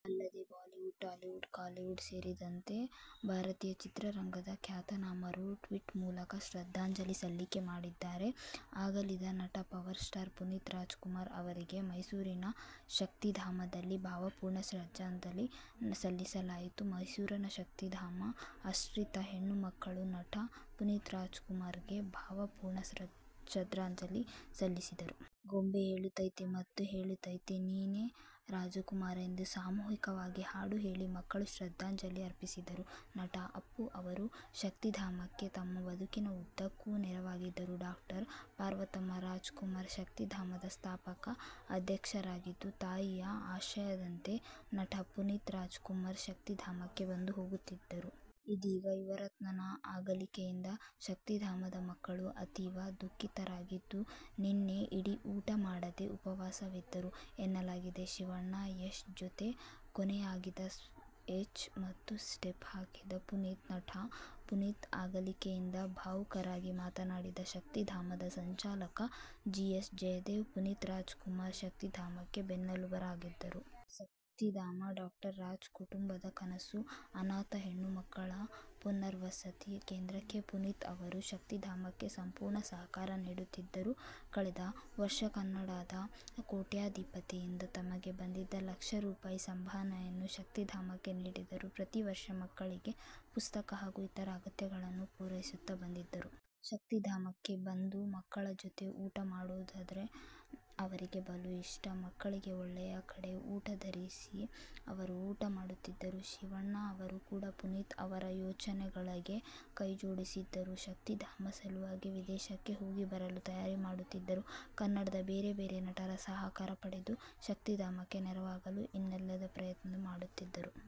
ಅಲ್ಲದೆ Bollywood, Tollywood, Kollywood ಸೇರಿದಂತೆ ಭಾರತೀಯ ಚಿತ್ರರಂಗದ ಖ್ಯಾತನಾಮರು ಟ್ವೀಟ್ ಮೂಲಕ ಶ್ರದ್ಧಾಂಜಲಿ ಸಲ್ಲಿಕೆ ಮಾಡಿದ್ದಾರೆ. ಅಗಲಿದ ನಟ ಪವರ್ ಸ್ಟಾರ್ ಪುನೀತ್ ರಾಜ್ ಕುಮಾರ್ ಅವರಿಗೆ ಮೈಸೂರಿನ ಶಕ್ತಿಧಾಮದಲ್ಲಿ ಭಾವ ಪೂರ್ಣ ಶ್ರದ್ಧಾಂಜಲಿ ಸಲ್ಲಿಸಲಾಯಿತು. ಮೈಸೂರಿನ ಶಕ್ತಿಧಾಮ ಆಶ್ರಿತ ಹೆಣ್ಣು ಮಕ್ಕಳು ನಟ ಪುನೀತ್ ರಾಜ್ ಕುಮಾರ್ ಗೆ ಭಾವ ಪೂರ್ಣ ಶ್ರದ್ಧಾಂಜಲಿ ಸಲ್ಲಿಸಿದರು. ಗೊಂಬೆ ಹೇಳುತೈತೆ.. ಮತ್ತೆ ಹೇಳುತೈತೆ? ನೀನೆ ರಾಜಕುಮಾರ ಎಂದು ಸಾಮೂಹಿಕವಾಗಿ ಹಾಡು ಹೇಳಿ ಮಕ್ಕಳು ಶ್ರದ್ದಾಂಜಲಿ ಅರ್ಪಿಸಿದರು. ನಟ ಅಪ್ಪು ಅವರು ಶಕ್ತಿಧಾಮಕ್ಕೆ ತಮ್ಮ ಬದುಕಿನ ಉದ್ದಕ್ಕೂ ನೆರವಾಗಿದ್ದರು. ಡಾ. ಪಾರ್ವತಮ್ಮ ರಾಜ್ ಕುಮಾರ್ ಶಕ್ತಿಧಾಮದ ಸ್ಥಾಪಕ ಅಧ್ಯಕ್ಷರಾಗಿದ್ದು, ತಾಯಿಯ ಆಶಯದಂತೆ ನಟ ಪುನೀತ್ ರಾಜ್ ಕುಮಾರ್ ಶಕ್ತಿಧಾಮಕ್ಕೆ ಬಂದು ಹೋಗುತ್ತಿದ್ದರು. ಇದೀಗ ಯುವರತ್ನನ ಅಗಲಿಕೆಯಿಂದ ಶಕ್ತಿಧಾಮದ ಮಕ್ಕಳು ಅತೀವ ದು:ಖಿತರಾಗಿದ್ದು ನಿನ್ನೆ ಇಡೀ ಊಟ ಮಾಡದೆ ಉಪವಾಸವಿದ್ದರು ಎನ್ನಲಾಗಿದೆ. ಶಿವಣ್ಣ, ಯಶ್ ಜೊತೆ ಕೊನೆಯದಾಗಿ ಸ್ಟೇಜ್ ಮೇಲೆ ಸ್ಟೆಪ್ ಹಾಕಿದ್ದ ಪುನೀತ್! ನಟ ಪುನೀತ್ ಅಗಲಿಕೆಯಿಂದ ಭಾವುಕರಾಗಿ ಮಾತನಾಡಿದ ಶಕ್ತಿಧಾಮದ ಸಂಚಾಲಕ ಜಿ. ಎಸ್. ಜಯದೇವ್, ಪುನೀತ್ ರಾಜ್ ಕುಮಾರ್ ಶಕ್ತಿಧಾಮಕ್ಕೆ ಬೆನ್ನೆಲುಬಾಗಿದ್ದರು. ಶಕ್ತಿಧಾಮ ಡಾ. ರಾಜ್ ಕುಟುಂಬದ ಕನಸು. ಅನಾಥ ಹೆಣ್ಣು ಮಕ್ಕಳ ಪುನರ್ವಸತಿ ಕೇಂದ್ರಕ್ಕೆ, ಪುನೀತ್ ಅವರು ಶಕ್ತಿಧಾಮಕ್ಕೆ ಸಂಪೂರ್ಣ ಸಹಕಾರ ನೀಡುತ್ತಿದ್ದರು. ಕಳೆದ ವರ್ಷ ಕನ್ನಡದ ಕೋಟ್ಯಧಿಪತಿಯಿಂದ ತಮಗೆ ಬಂದಿದ್ದ ಲಕ್ಷ ರೂಪಾಯಿ ಸಂಭಾವನೆಯನ್ನು ಶಕ್ತಿಧಾಮಕ್ಕೆ ನೀಡಿದ್ದರು. ಪ್ರತೀ ವರ್ಷ ಮಕ್ಕಳಿಗೆ ಪುಸ್ತಕ ಹಾಗೂ ಇತರ ಅಗತ್ಯತೆಗಳನ್ನು ಪೂರೈಸುತ್ತಾ ಬಂದಿದ್ದರು. ಶಕ್ತಿಧಾಮಕ್ಕೆ ಬಂದು ಮಕ್ಕಳ ಜೊತೆ ಊಟ ಮಾಡೋದಂದ್ರೆ ಅವರಿಗೆ ಬಲು ಇಷ್ಟ. ಮಕ್ಕಳಿಗೆ ಒಳ್ಳೆಯ ಕಡೆ ಊಟ ತರಿಸಿ ಅವರೂ ಊಟ ಮಾಡುತ್ತಿದ್ದರು. ಶಿವಣ್ಣ ಅವರೂ ಕೂಡ ಪುನೀತ್ ಅವರ ಯೋಜನೆಗಳಿಗೆ ಕೈಜೋಡಿಸಿದ್ದರು. ಶಕ್ತಿಧಾಮದ ಸಲುವಾಗಿ ವಿದೇಶಕ್ಕೆ ಹೋಗಿ ಬರಲು ತಯಾರಿ ಮಾಡುತ್ತಿದ್ದರು. ಕನ್ನಡದ ಬೇರೆ ಬೇರೆ ನಟರ ಸಹಕಾರ ಪಡೆದು ಶಕ್ತಿಧಾಮಕ್ಕೆ ನೆರವಾಗಲು ಇನ್ನಿಲ್ಲದ ಪ್ರಯತ್ನ ಮಾಡುತ್ತಿದ್ದರು.